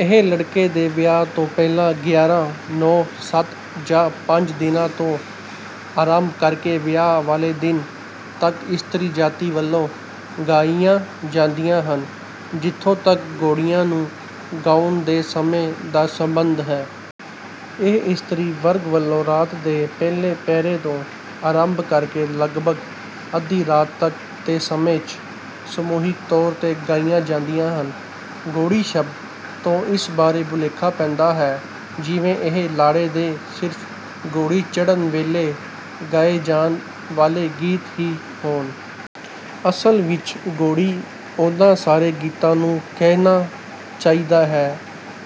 ਇਹ ਲੜਕੇ ਦੇ ਵਿਆਹ ਤੋਂ ਪਹਿਲਾਂ ਗਿਆਰਾਂ, ਨੌ, ਸੱਤ ਜਾਂ ਪੰਜ ਦਿਨਾਂ ਤੋਂ ਆਰੰਭ ਕਰਕੇ ਵਿਆਹ ਵਾਲੇ ਦਿਨ ਤੱਕ ਇਸਤਰੀ ਜਾਤੀ ਵੱਲੋਂ ਗਾਈਆਂ ਜਾਂਦੀਆਂ ਹਨ ਜਿੱਥੋ ਤੱਕ ਘੋੜੀਆਂ ਨੂੰ ਗਾਉਣ ਦੇ ਸਮੇਂ ਦਾ ਸੰਬੰਧ ਹੈ। ਇਹ ਇਸਤਰੀ ਵਰਗ ਵੱਲੋਂ ਰਾਤ ਦੇ ਪਹਿਲੇ ਪਹਿਰ ਤੋਂ ਆਰੰਭ ਕਰਕੇ ਲਗਭਗ ਅੱਧੀ ਰਾਤ ਤੱਕ ਦੇ ਸਮੇਂ ਚ ਸਮੂਹਿਕ ਤੌਰ ਤੇ ਗਾਈਆਂ ਜਾਂਦੀਆਂ ਹਨ। 'ਘੋੜੀ ਸ਼ਬਦ ਤੋਂ ਇਸ ਬਾਰੇ ਭੁਲੇਖਾ ਪੈਂਦਾ ਹੈ ਜਿਵੇਂ ਇਹ ਲਾੜੇ ਦੇ ਸਿਰਫ਼ ਘੋੜੀ ਚੜ੍ਹਨ ਵੇਲੇ ਗਾਏ ਜਾਣ ਵਾਲੇ ਗੀਤ ਹੀ ਹੋਣ। ਅਸਲ ਵਿਚ ਘੋੜੀ ਉਨ੍ਹਾਂ ਸਾਰੇ ਗੀਤਾਂ ਨੂੰ ਕਹਿਣਾ ਚਾਹੀਦਾ ਹੈ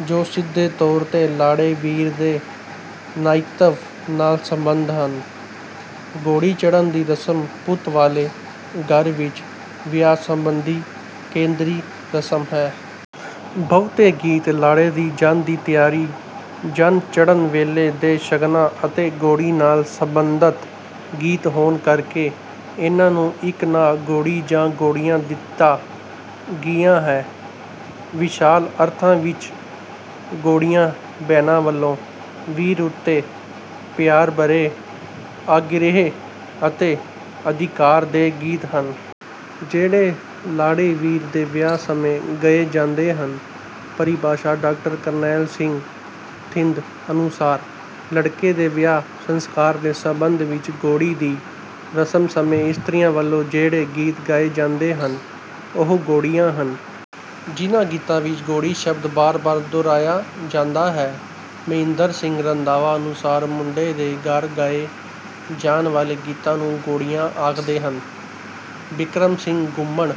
ਜੋ ਸਿੱਧੇ ਤੌਰ ਤੇ ਲਾੜੇ-ਵੀਰ ਦੇ ਨਾਇਕਤਵ ਨਾਲ ਸਬੰਧਤ ਹਨ। ਘੋੜੀ ਚੜ੍ਹਨ ਦੀ ਰਸਮ ਪੁੱਤ ਵਾਲੇ ਘਰ ਵਿਚ ਵਿਆਹ ਸਬੰਧੀ ਕੇਂਦਰੀ ਰਸਮ ਹੈ। ਬਹੁਤੇ ਗੀਤ ਲਾੜੇ ਦੀ ਜੰਨ ਦੀ ਤਿਆਰੀ, ਜੰਨ ਚੜ੍ਹਨ ਵੇਲੇ ਦੇ ਸ਼ਗਨਾਂ ਅਤੇ ਘੋੜੀ ਨਾਲ ਸਬੰਧਤ ਗੀਤ ਹੋਣ ਕਰਕੇ ਇਨ੍ਹਾਂ ਨੂੰ ਇਕ ਨਾਂ 'ਘੋੜੀ ਜਾਂ 'ਘੋੜੀਆਂ ਦਿੱਤਾ ਗਿਆ ਹੈ। ਵਿਸ਼ਾਲ ਅਰਥਾਂ ਵਿਚ ਘੋੜੀਆਂ, ਭੈਣਾਂ ਵੱਲੋਂ ਵੀਰ ਉੱਤੇ ਪਿਆਰ ਭਰੇ ਆਗ੍ਰਿਹ ਅਤੇ ਅਧਿਕਾਰ ਦੇ ਗੀਤ ਹਨ। ਜਿਹੜੇ ਲਾੜੇ-ਵੀਰ ਦੇ ਵਿਆਹ ਸਮੇਂ ਗਏ ਜਾਂਦੇ ਹਨ। ਪਰਿਭਾਸ਼ਾ ਡਾਕਟਰ ਕਰਨੈਲ ਸਿੰਘ ਥਿੰਦ ਅਨੁਸਾਰ, "ਲੜਕੇ ਦੇ ਵਿਆਹ ਸੰਸਕਾਰ ਦੇ ਸੰਬੰਧ ਵਿੱਚ ਘੋੜੀ ਦੀ ਰਸਮ ਸਮੇਂ ਇਸਤਰੀਆਂ ਵੱਲੋਂ ਜਿਹੜੇ ਗੀਤ ਗਾਏ ਜਾਂਦੇ ਹਨ, ਉਹ ਘੋੜੀਆਂ ਹਨ। ਜਿਨ੍ਹਾਂ ਗੀਤਾਂ ਵਿੱਚ ਘੋੜੀ ਸ਼ਬਦ ਬਾਰ-ਬਾਰ ਦੁਹਰਾਇਆ ਜਾਂਦਾ ਹੈ। " ਮਹਿੰਦਰ ਸਿੰਘ ਰੰਧਾਵਾ ਅਨੁਸਾਰ, "ਮੁੰਡੇ ਦੇ ਘਰ ਗਾਏ ਜਾਣ ਵਾਲੇ ਗੀਤਾਂ ਨੂੰ "ਘੋੜੀਆਂ" ਆਖਦੇ ਹਨ। " ਬਿਕਰਮ ਸਿੰਘ ਘੁੰਮਣ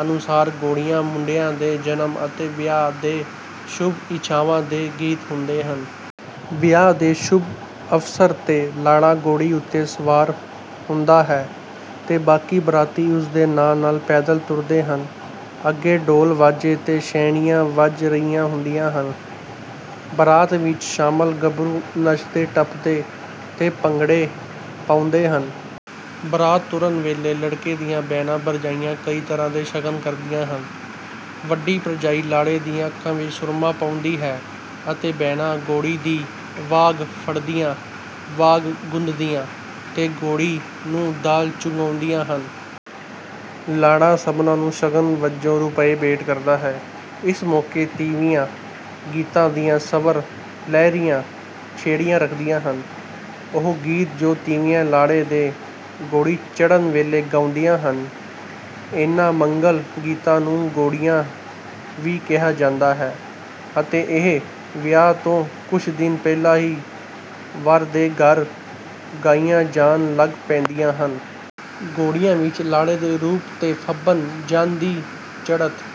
ਅਨੁਸਾਰ, "ਘੋੜੀਆਂ, ਮੁੰਡਿਆਂ ਦੇ ਜਨਮ ਅਤੇ ਵਿਆਹ ਦੇ ਸ਼ੁਭ-ਇੱਛਾਂਵਾਂ ਦੇ ਗੀਤ ਹੁੰਦੇ ਹਨ। ਵਿਆਹ ਦੇ ਸ਼ੁਭ ਅਵਸਰ ਤੇ ਲਾੜ੍ਹਾਂ ਘੋੜੀ ਉੱਤੇ ਸਵਾਰ ਹੁੰਦਾ ਹੈ ਤੇ ਬਾਕੀ ਬਰਾਤੀ ਉਸ ਦੇ ਨਾਲ-ਨਾਲ ਪੈਦਲ ਤੁਰਦੇ ਹਨ। ਅੱਗੇ ਢੋਲ ਵਾਜੇ ਤੇ ਸ਼ਹਿਨਾਈਆਂ ਵੱਜ ਰਹੀਆਂ ਹੁੰਦੀਆਂ ਹਨ। ਬਰਾਤ ਵਿਚ ਸ਼ਾਮਲ ਗੱਭਰੂ ਨੱਚਦੇ ਟੱਪਦੇ ਤੇ ਭੰਗੜੇ ਪਾਉਂਦੇ ਹਨ। ਬਰਾਤ ਤੁਰਨ ਵੇਲੇ ਲੜਕੇ ਦੀਆਂ ਭੈਣਾਂ ਭਰਜਾਈਆਂ ਕਈ ਤਰ੍ਹਾਂ ਦੇ ਸ਼ਗਨ ਕਰਦੀਆਂ ਹਨ। ਵੱਡੀ ਭਰਜਾਈ ਲਾਂੜੇ ਦੀਆਂ ਅੱਖਾਂ ਵਿੱਚ ਸੁਰਮਾ ਪਾਉਂਦੀ ਹੈ ਅਤੇ ਭੈਣਾਂ ਘੋੜੀ ਦੀ 'ਵਾਗ ਫੜਦੀਆਂ, 'ਵਾਗ ਗੁੰਦਦੀਆਂ ਤੇ ਘੋੜੀ ਨੂੰ ਦਾਲ ਚੁਗਾਉਂਦੀਆ ਹਨ। ਲਾੜ੍ਹਾ ਸਭਨਾਂ ਨੂੰ ਸ਼ਗਨ ਵਜੋਂ ਰੁਪਏ ਭੇਟ ਕਰਦਾ ਹੈ। ਇਸ ਮੌਕੇ ਤੀਵੀਆਂ ਗੀਤਾਂ ਦੀਆਂ ਸਵਰ ਲਹਿਰੀਆਂ ਛੇੜੀ ਰੱਖਦੀਆਂ ਹਨ। ਉਹ ਗੀਤ ਜੋ ਤੀਵੀਆਂ ਲਾੜੇ ਦੇ ਘੋੜੀ ਚੜ੍ਹਨ ਵੇਲੇ ਗਾਉਂਦੀਆਂ ਹਨ। ਇਨ੍ਹਾਂ ਮੰਗਲ ਗੀਤਾਂ ਨੂੰ 'ਘੋੜੀਆਂ ਵੀ ਕਿਹਾ ਜਾਂਦਾ ਹੈ ਅਤੇ ਇਹ ਵਿਆਹ ਤੋਂ ਕੁਝ ਦਿਨ ਪਹਿਲਾਂ ਹੀ ਵਰ ਦੇ ਘਰ ਗਾਈਆਂ ਜਾਣ ਲੱਗ ਪੈਂਦੀਆਂ ਹਨ। ਘੋੜੀਆਂ ਵਿੱਚ ਲਾੜ੍ਹੇ ਦੇ ਰੂਪ ਤੇ ਫੱਬਣ, ਜੰਞ ਦੀ ਚੜ੍ਹਤ